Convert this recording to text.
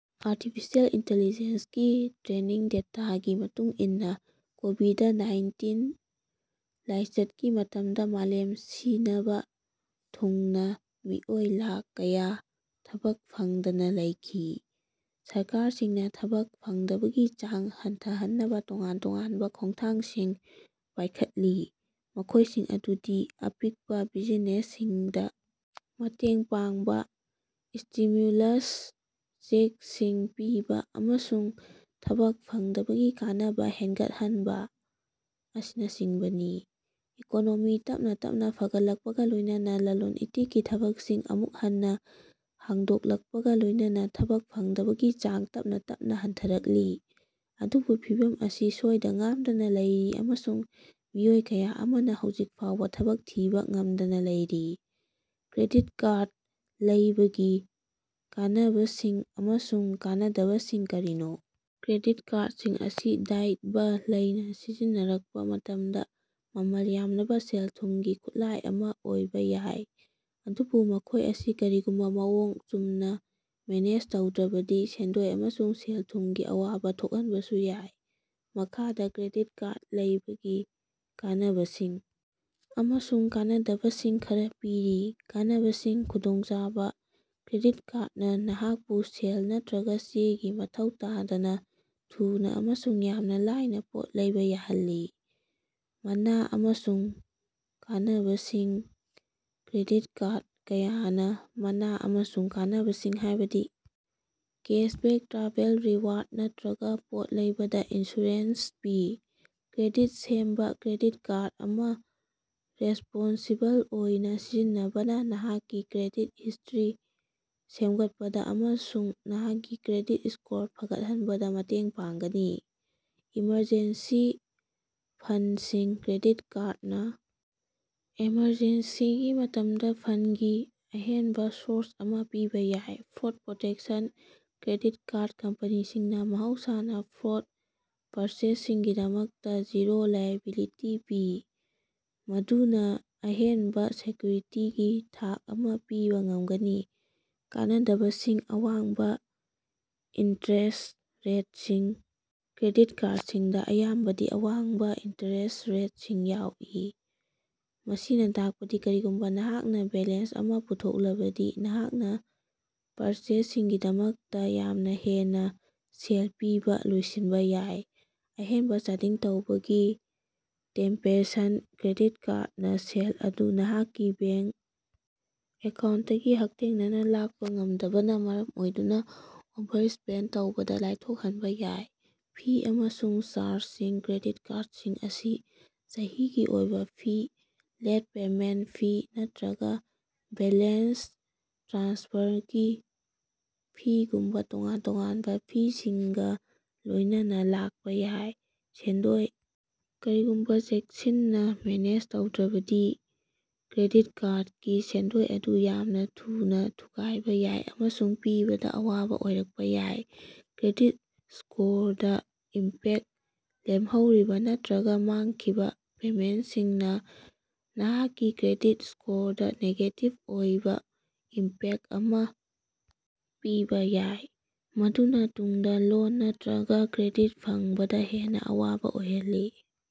Artificial intelligence ꯀꯤ training ꯗꯦꯇꯥꯒꯤ ꯃꯇꯨꯡ ꯏꯟꯅ ꯀꯣꯕꯤꯗ ꯅꯥꯏꯟꯇꯤꯟ ꯂꯥꯏꯆꯠꯀꯤ ꯃꯇꯝꯗ ꯃꯥꯂꯦꯝ ꯁꯤꯅꯕꯥ ꯊꯨꯡꯅꯥ ꯃꯤꯑꯣꯏ ꯂꯥꯈ ꯀꯌꯥ ꯊꯕꯛ ꯐꯪꯗꯅ ꯂꯩꯈꯤ꯫ ꯁꯔꯀꯥꯔꯁꯤꯡꯅ ꯊꯕꯛ ꯐꯪꯗꯕꯒꯤ ꯆꯥꯡ ꯍꯟꯊꯍꯟꯅꯕ ꯇꯣꯉꯥꯟ ꯇꯣꯉꯥꯟꯕ ꯈꯣꯡꯊꯥꯡꯁꯤꯡ ꯄꯥꯏꯈꯠꯂꯤ, ꯃꯈꯣꯏꯁꯤꯡ ꯑꯗꯨꯗꯤ ꯑꯄꯤꯛꯄ ꯕꯤꯖꯤꯅꯦꯁꯁꯤꯡꯗ ꯃꯇꯦꯡ ꯄꯥꯡꯕ, ꯁ꯭ꯇꯤꯃ꯭ꯌꯨꯂꯁ ꯆꯦꯛꯁꯤꯡ ꯄꯤꯕ, ꯑꯃꯁꯨꯡ ꯊꯕꯛ ꯐꯪꯗꯕꯒꯤ ꯀꯥꯟꯅꯕ ꯍꯦꯟꯒꯠꯍꯟꯕ ꯑꯁꯤꯅꯆꯤꯡꯕꯅꯤ꯫ ꯏꯀꯣꯅꯣꯃꯤ ꯇꯞꯅꯥ ꯇꯞꯅꯥ ꯐꯒꯠꯂꯛꯄꯒ ꯂꯣꯏꯅꯅꯥ ꯂꯂꯣꯟ-ꯏꯇꯤꯛꯀꯤ ꯊꯕꯛꯁꯤꯡ ꯑꯃꯨꯛ ꯍꯟꯅ ꯍꯥꯡꯗꯣꯛꯂꯛꯄꯒ ꯂꯣꯏꯅꯅꯥ ꯊꯕꯛ ꯐꯪꯗꯕꯒꯤ ꯆꯥꯡ ꯇꯞꯅꯥ ꯇꯞꯅꯥ ꯍꯟꯊꯔꯛꯂꯤ, ꯑꯗꯨꯕꯨ ꯐꯤꯚꯝ ꯑꯁꯤ ꯁꯣꯏꯗ-ꯉꯥꯝꯗꯅꯥ ꯂꯩꯔꯤ ꯑꯃꯁꯨꯡ ꯃꯤꯑꯣꯏ ꯀꯌꯥ ꯑꯃꯅ ꯍꯧꯖꯤꯛ ꯐꯥꯎꯕ ꯊꯕꯛ ꯊꯤꯕ ꯉꯝꯗꯅ ꯂꯩꯔꯤ꯫ ꯀ꯭ꯔꯦꯗꯤꯠ ꯀꯥꯔꯗ ꯂꯩꯕꯒꯤ ꯀꯥꯟꯅꯕꯁꯤꯡ ꯑꯃꯁꯨꯡ ꯀꯥꯟꯅꯗꯕꯁꯤꯡ ꯀꯔꯤꯅꯣ? ꯀ꯭ꯔꯦꯗꯤꯠ ꯀꯥꯔꯗꯁꯤꯡ ꯑꯁꯤ ꯗꯥꯏꯠꯕ ꯂꯩꯅ ꯁꯤꯖꯤꯟꯅꯔꯛꯄ ꯃꯇꯝꯗ ꯃꯃꯜ ꯌꯥꯝꯂꯕ ꯁꯦꯜ-ꯊꯨꯝꯒꯤ ꯈꯨꯠꯂꯥꯏ ꯑꯃ ꯑꯣꯏꯕ ꯌꯥꯏ, ꯑꯗꯨꯕꯨ ꯃꯈꯣꯏ ꯑꯁꯤ ꯀꯔꯤꯒꯨꯝꯕ ꯃꯑꯣꯡ ꯆꯨꯝꯅ ꯃꯦꯅꯦꯖ ꯇꯧꯗ꯭ꯔꯕꯗꯤ ꯁꯦꯟꯗꯣꯏ ꯑꯃꯁꯨꯡ ꯁꯦꯜ-ꯊꯨꯝꯒꯤ ꯑꯋꯥꯕ ꯊꯣꯛꯍꯟꯕꯁꯨ ꯌꯥꯏ꯫ ꯃꯈꯥꯗ ꯀ꯭ꯔꯦꯗꯤꯠ ꯀꯥꯔꯗ ꯂꯩꯕꯒꯤ ꯀꯥꯟꯅꯕꯁꯤꯡ ꯑꯃꯁꯨꯡ ꯀꯥꯟꯅꯗꯕꯁꯤꯡ ꯈꯔꯥ ꯄꯤꯔꯤ - ꯀꯥꯟꯅꯕꯁꯤꯡ ꯈꯨꯗꯣꯡꯆꯥꯕ - ꯀ꯭ꯔꯦꯗꯤꯠ ꯀꯥꯔꯗꯅꯥ ꯅꯍꯥꯛꯄꯨ ꯁꯦꯜ ꯅꯠꯇꯔꯒ ꯆꯦꯒꯤ ꯃꯊꯧ ꯇꯥꯗꯅꯥ ꯊꯨꯅ ꯑꯃꯁꯨꯡ ꯌꯥꯝꯅ ꯂꯥꯏꯅꯥ ꯄꯣꯠ ꯂꯩꯕ ꯌꯥꯍꯜꯂꯤ꯫ ꯃꯅꯥ ꯑꯃꯁꯨꯡ ꯀꯥꯟꯅꯕꯁꯤꯡ -ꯀ꯭ꯔꯦꯗꯤꯠ ꯀꯥꯔꯗ ꯀꯌꯥꯅ ꯃꯅꯥ ꯑꯃꯁꯨꯡ ꯀꯥꯟꯅꯕꯁꯤꯡ ꯍꯥꯏꯕꯗꯤ ꯀꯦꯁꯕꯦꯛ, ꯇ꯭ꯔꯥꯚꯦꯜ ꯔꯤꯋꯥꯔꯗ, ꯅꯠꯇꯔꯒ ꯄꯣꯠ ꯂꯩꯕꯗ ꯏꯟꯁꯨꯔꯦꯟꯁ ꯄꯤ꯫ ꯀ꯭ꯔꯦꯗꯤꯠ ꯁꯦꯝꯕ - ꯀ꯭ꯔꯦꯗꯤꯠ ꯀꯥꯔꯗ ꯑꯃ ꯔꯦꯁꯄꯣꯟꯁꯤꯕꯜ ꯑꯣꯏꯅ ꯁꯤꯖꯤꯟꯅꯕꯅꯥ ꯅꯍꯥꯛꯀꯤ ꯀ꯭ꯔꯦꯗꯤꯠ ꯍꯤꯁꯇꯔꯤ ꯁꯦꯝꯒꯠꯄꯗ ꯑꯃꯁꯨꯡ ꯅꯍꯥꯛꯀꯤ ꯀ꯭ꯔꯦꯗꯤꯠ ꯁ꯭ꯀꯣꯔ ꯐꯒꯠꯍꯟꯕꯗ ꯃꯇꯦꯡ ꯄꯥꯡꯒꯅꯤ꯫ ꯏꯃꯔꯖꯦꯟꯁꯤ ꯐꯟꯗꯁꯤꯡ - ꯀ꯭ꯔꯦꯗꯤꯠ ꯀꯥꯔꯗꯅꯥ ꯑꯦꯃꯔꯖꯦꯟꯁꯤꯒꯤ ꯃꯇꯝꯗ ꯐꯟꯗꯒꯤ ꯑꯍꯦꯟꯕ ꯁꯣꯔꯁ ꯑꯃ ꯄꯤꯕ ꯌꯥꯏ꯫ ꯐ꯭ꯔꯣꯗ ꯄ꯭ꯔꯣꯇꯦꯛꯁꯟ - ꯀ꯭ꯔꯦꯗꯤꯠ ꯀꯥꯔꯗ ꯀꯝꯄꯅꯤꯁꯤꯡꯅ ꯃꯍꯧꯁꯥꯅ ꯐ꯭ꯔꯣꯗ ꯄꯔꯆꯦꯖꯁꯤꯡꯒꯤꯗꯃꯛꯇ ꯖꯤꯔꯣ ꯂꯥꯏꯑꯦꯕꯤꯂꯤꯇꯤ ꯄꯤ, ꯃꯗꯨꯅ ꯑꯍꯦꯟꯕ ꯁꯦꯀ꯭ꯌꯨꯔꯤꯇꯤꯒꯤ ꯊꯥꯛ ꯑꯃ ꯄꯤꯕ ꯉꯝꯒꯅꯤ꯫ ꯀꯥꯟꯅꯗꯕꯁꯤꯡ - ꯑꯋꯥꯡꯕ ꯏꯟꯇꯔꯦꯁ꯭ꯠ ꯔꯦꯠꯁꯤꯡ - ꯀ꯭ꯔꯦꯗꯤꯠ ꯀꯥꯔꯗꯁꯤꯡꯗ ꯑꯌꯥꯝꯕꯗꯤ ꯑꯋꯥꯡꯕ ꯏꯟꯇꯔꯦꯁ꯭ꯠ ꯔꯦꯠꯁꯤꯡ ꯌꯥꯎꯏ, ꯃꯁꯤꯅ ꯇꯥꯛꯄꯗꯤ ꯀꯔꯤꯒꯨꯝꯕ ꯅꯍꯥꯛꯅ ꯕꯦꯂꯦꯟꯁ ꯑꯃ ꯄꯨꯊꯣꯛꯂꯕꯗꯤ ꯅꯍꯥꯛꯅ ꯄꯔꯆꯦꯖꯁꯤꯡꯒꯤꯗꯃꯛꯇ ꯌꯥꯝꯅ ꯍꯦꯟꯅ ꯁꯦꯜ ꯄꯤꯕ ꯂꯣꯏꯁꯤꯟꯕ ꯌꯥꯏ꯫ ꯑꯍꯦꯟꯕ ꯆꯥꯗꯤꯡ ꯇꯧꯕꯒꯤ ꯇꯦꯝꯄꯦꯁꯟ - ꯀ꯭ꯔꯦꯗꯤꯠ ꯀꯥꯔꯗꯅꯥ ꯁꯦꯜ ꯑꯗꯨ ꯅꯍꯥꯛꯀꯤ ꯕꯦ꯭ꯡꯀ ꯑꯦꯀꯥꯎ꯭ꯟꯠꯇꯒꯤ ꯍꯛꯊꯦꯡꯅꯅꯥ ꯂꯥꯛꯄ ꯉꯝꯗꯕꯅꯥ ꯃꯔꯝ ꯑꯣꯏꯗꯨꯅ ꯑꯣꯚꯔꯁ꯭ꯄꯦꯟꯗ ꯇꯧꯕꯗ ꯂꯥꯏꯊꯣꯛꯍꯟꯕ ꯌꯥꯏ꯫ ꯐꯤ ꯑꯃꯁꯨꯡ ꯆꯥꯔꯖꯁꯤꯡ - ꯀ꯭ꯔꯦꯗꯤꯠ ꯀꯥꯔꯗꯁꯤꯡ ꯑꯁꯤ ꯆꯍꯤꯒꯤ ꯑꯣꯏꯕ ꯐꯤ, ꯂꯦꯠ ꯄꯦꯃꯦꯟꯇ ꯐꯤ ꯅꯠꯇꯔꯒ ꯕꯦꯂꯦꯟꯁ ꯇ꯭ꯔꯥꯟꯁꯐꯔꯒꯤ ꯐꯤꯒꯨꯝꯕ ꯇꯣꯉꯥꯟ-ꯇꯣꯉꯥꯟꯕ ꯐꯤꯁꯤꯡꯒ ꯂꯣꯏꯅꯅꯥ ꯂꯥꯛꯄ ꯌꯥꯏ꯫ ꯁꯦꯟꯗꯣꯏ - ꯀꯔꯤꯒꯨꯝꯕ ꯆꯦꯛꯁꯤꯟꯅ ꯃꯦꯅꯦꯖ ꯇꯧꯗ꯭ꯔꯕꯗꯤ, ꯀ꯭ꯔꯦꯗꯤꯠ ꯀꯥꯔꯗꯀꯤ ꯁꯦꯟꯗꯣꯏ ꯑꯗꯨ ꯌꯥꯝꯅ ꯊꯨꯅ ꯊꯨꯒꯥꯏꯕ ꯌꯥꯏ ꯑꯃꯁꯨꯡ ꯄꯤꯕꯗ ꯑꯋꯥꯕ ꯑꯣꯏꯔꯛꯄ ꯌꯥꯏ꯫ ꯀ꯭ꯔꯦꯗꯤꯠ ꯁ꯭ꯀꯣꯔꯗꯥ ꯏꯝꯄꯦꯛꯇ - ꯂꯦꯝꯍꯧꯔꯤꯕ ꯅꯠꯇꯔꯒ ꯃꯥꯡꯈꯤꯕ ꯄꯦꯃꯦꯟꯇꯁꯤꯡꯅ ꯅꯍꯥꯛꯀꯤ ꯀ꯭ꯔꯦꯗꯤꯠ ꯁ꯭ꯀꯣꯔꯗꯥ ꯅꯦꯒꯦꯇꯤꯚ ꯑꯣꯏꯕ ꯏꯝꯄꯦꯛꯇ ꯑꯃ ꯄꯤꯕ ꯌꯥꯏ, ꯃꯗꯨꯅ ꯇꯨꯡꯗ ꯂꯣꯟ ꯅꯠꯇꯔꯒ ꯀ꯭ꯔꯦꯗꯤꯠ ꯐꯪꯕꯗꯥ ꯍꯦꯟꯅ ꯑꯋꯥꯕ ꯑꯣꯏꯍꯜꯂꯤ꯫